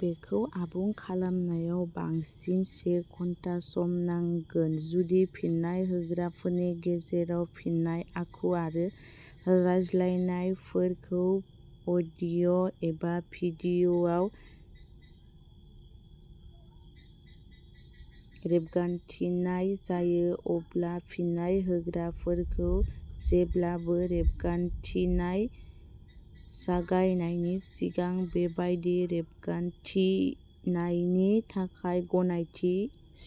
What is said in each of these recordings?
बेखौ आबुं खालामनायाव बांसिन से घन्टा सम नांगोन। जुदि फिन्नाय होग्राफोरनि गेजेराव फिननाय आखु आरो रायज्लायनायफोरखौ अडिअ एबा भिडियआव रेबगान्थिनाय जायो अब्ला फिन्नाय होग्राफोरखौ जेब्लाबो रेबगान्थिनाय जागायनायनि सिगां बेबादि रेबगान्थिनायनि थाखाय गनायथि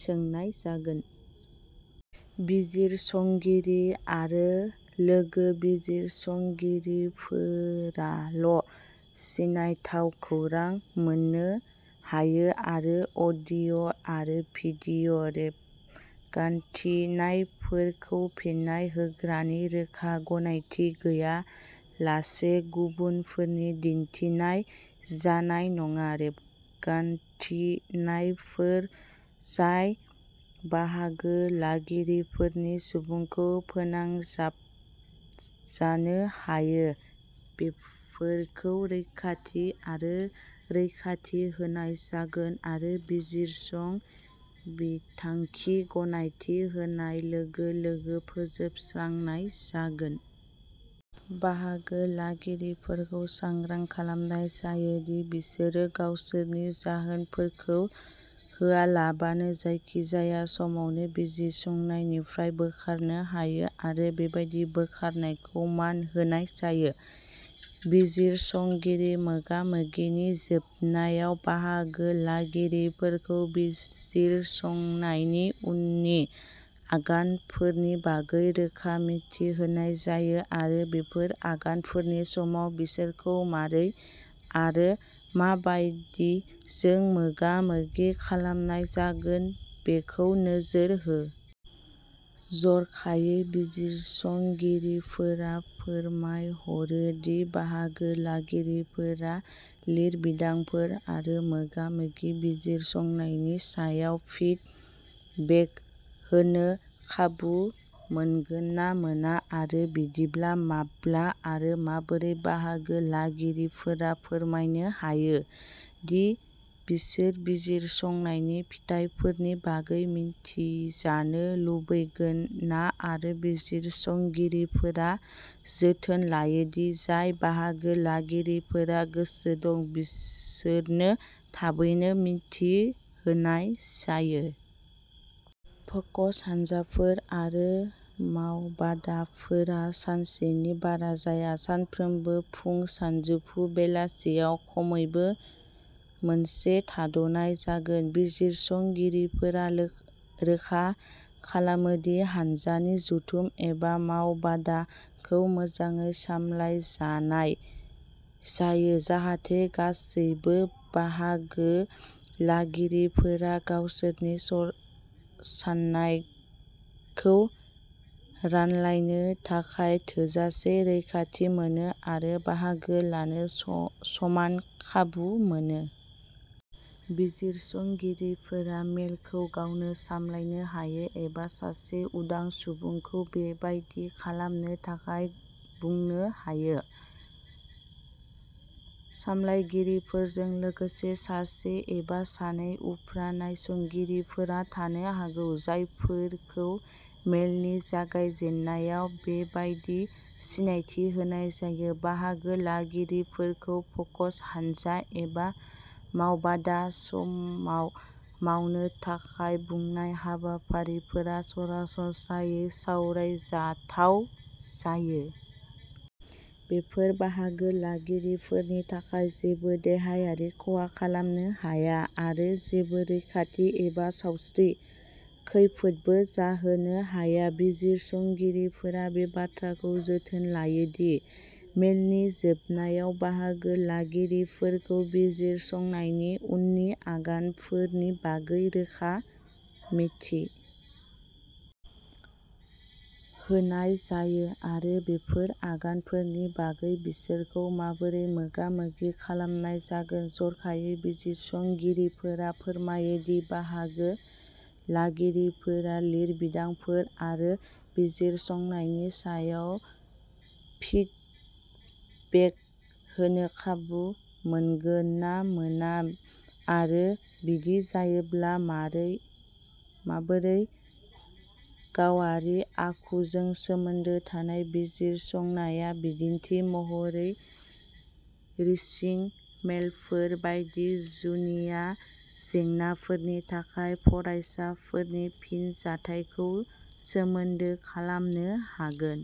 सोंनाय जागोन। बिजिरसंगिरि आरो लोगो बिजिरसंगिरिफोराल सिनायथाव खौरां मोननो हायो आरो अडिअ आरो भिडिय रेबगान्थिनायफोरखौ फिन्नाय होग्रानि रोखा गनायथि गैयालासे गुबुनफोरनो दिन्थिनाय जानाय नङा। रेबगान्थिनायफोर जाय बाहागो लागिरिफोरनि सुबुंजों फोनांजाबजानो हायो बेफोरखौ रैखाथि आरो रैखाथि होनाय जागोन आरो बिजिरसं बिथांखि गनायथि होनाय लोगो लोगो फोजोबस्रांनाय जागोन। बाहागो लागिरिफोरखौ सांग्रां खालामनाय जायो दि बिसोरो गावसोरनि जाहोनफोरखौ होआलाबानो जायखिजाया समावनो बिजिरसंनायनिफ्राय बोखारनो हायो आरो बेबादि बोखारनायखौ मान होनाय जायो। बिजिरसंगिरि मोगा मोगिनि जोबनायाव बाहागो लागिरिफोरखौ बिजिरसंनायनि उननि आगानफोरनि बागै रोखा मिथि होनाय जायो आरो बेफोर आगानफोरनि समाव बिसोरखौ माबोरै आरो मा बायदिजों मोगामोगि खालामनाय जागोन बेखौ नोजोर होयो। जरखायै बिजिरसंगिरिफोरा फोरमायहरो दि बाहागो लागिरिफोरा लिरबिदांफोर आरो मोगा मोगिनि बिजिरसंनायनि सायाव फिडबेक होनो खाबु मोनगोन ना मोना आरो बिदिब्ला माब्ला आरो माबोरै बाहागो लागिरिफोरा फोरमायनो हायो दि बिसोर बिजिरसंनायनि फिथायफोरनि बागै मिथिजानो लुबैगोन ना आरो बिजिरसंगिरिफोरा जोथोन लायो दि जाय बाहागो लागिरिफोरा गोसो दं बिसोरनो थाबैनो मिथि होनाय जायो। फोकस हान्जाफोर आरो मावबादाफोरा सानसेनि बारा जाया। सानफ्रोमबो फुं सानजौफु बेलासियाव खमैबो मोनसे थाद'नाय जागोन। बिजिरसंगिरिफोरा रोखा खालामो दि हान्जानि जथुम एबा मावबादाखौ मोजाङै सामलायजानाय जायो। जाहाथे गासैबो बाहागो लागिरिफोरा गावसोरनि सान्नायखौ रानलायनो थाखाय थोजासे रैखाथि मोनो आरो बाहागो लानो समान खाबु मोनो। बिजिरसंगिरिफोरा मेलखौ गावनो सामलायनो हायो एबा सासे उदां सुबुंखौ बेबादि खालामनो थाखाय बुंनो हायो। सामलायगिरिजों लोगोसे सासे एबा सानै उफ्रा नायसंगिरिफोर थानो हागौ। जायफोरखौ मेलनि जागायजेन्नायाव बेबादि सिनायथि होनाय जायो। बाहागो लागिरिफोरखौ फोकस हानजा एबा मावबादा समाव मावनो थाखाय बुंनाय हाबाफारिफोरा सरासनस्रायै सावरायजाथाव जायो। बेफोर बाहागो लागिरिफोरनि थाखाय जेबो देहायारि खहा खालामनो हाया आरो जेबो रैखाथि एबा सावस्रि खैफोदबो जाहोनो हाया। बिजिरसंगिरिफोरा बे बाथ्राखौ जोथोन लायो दि मेलनि जोबनायाव बाहागो लागिरिफोरखौ बिजिरसंनायनि उननि आगानफोरनि बागै रोखा मिथि होनाय जायो आरो बेफोर आगानफोरनि बागै बिसोरखौ माबोरै मोगामोगि खालामनाय जागोन जरखायै बिजिरसंगिरिफोरा फोरमायो दि बाहागो लागिरिफोरा लिरबिदांफोर आरो बिजिरसंनायनि सायाव फिडबेक होनो खाबु मोनगोन ना मोना आरो बिदि जायोब्ला माबोरै गावारि आखुजों सोमोन्दो थानाय बिजिरसंनाया बिदिन्थि महरै फिशिं मेलफोर बायदि जुनिया जेंनाफोरनि थाखाय फरायसाफोरनि फिनजाथायखौ सोमोनदो खालामनो हागौ।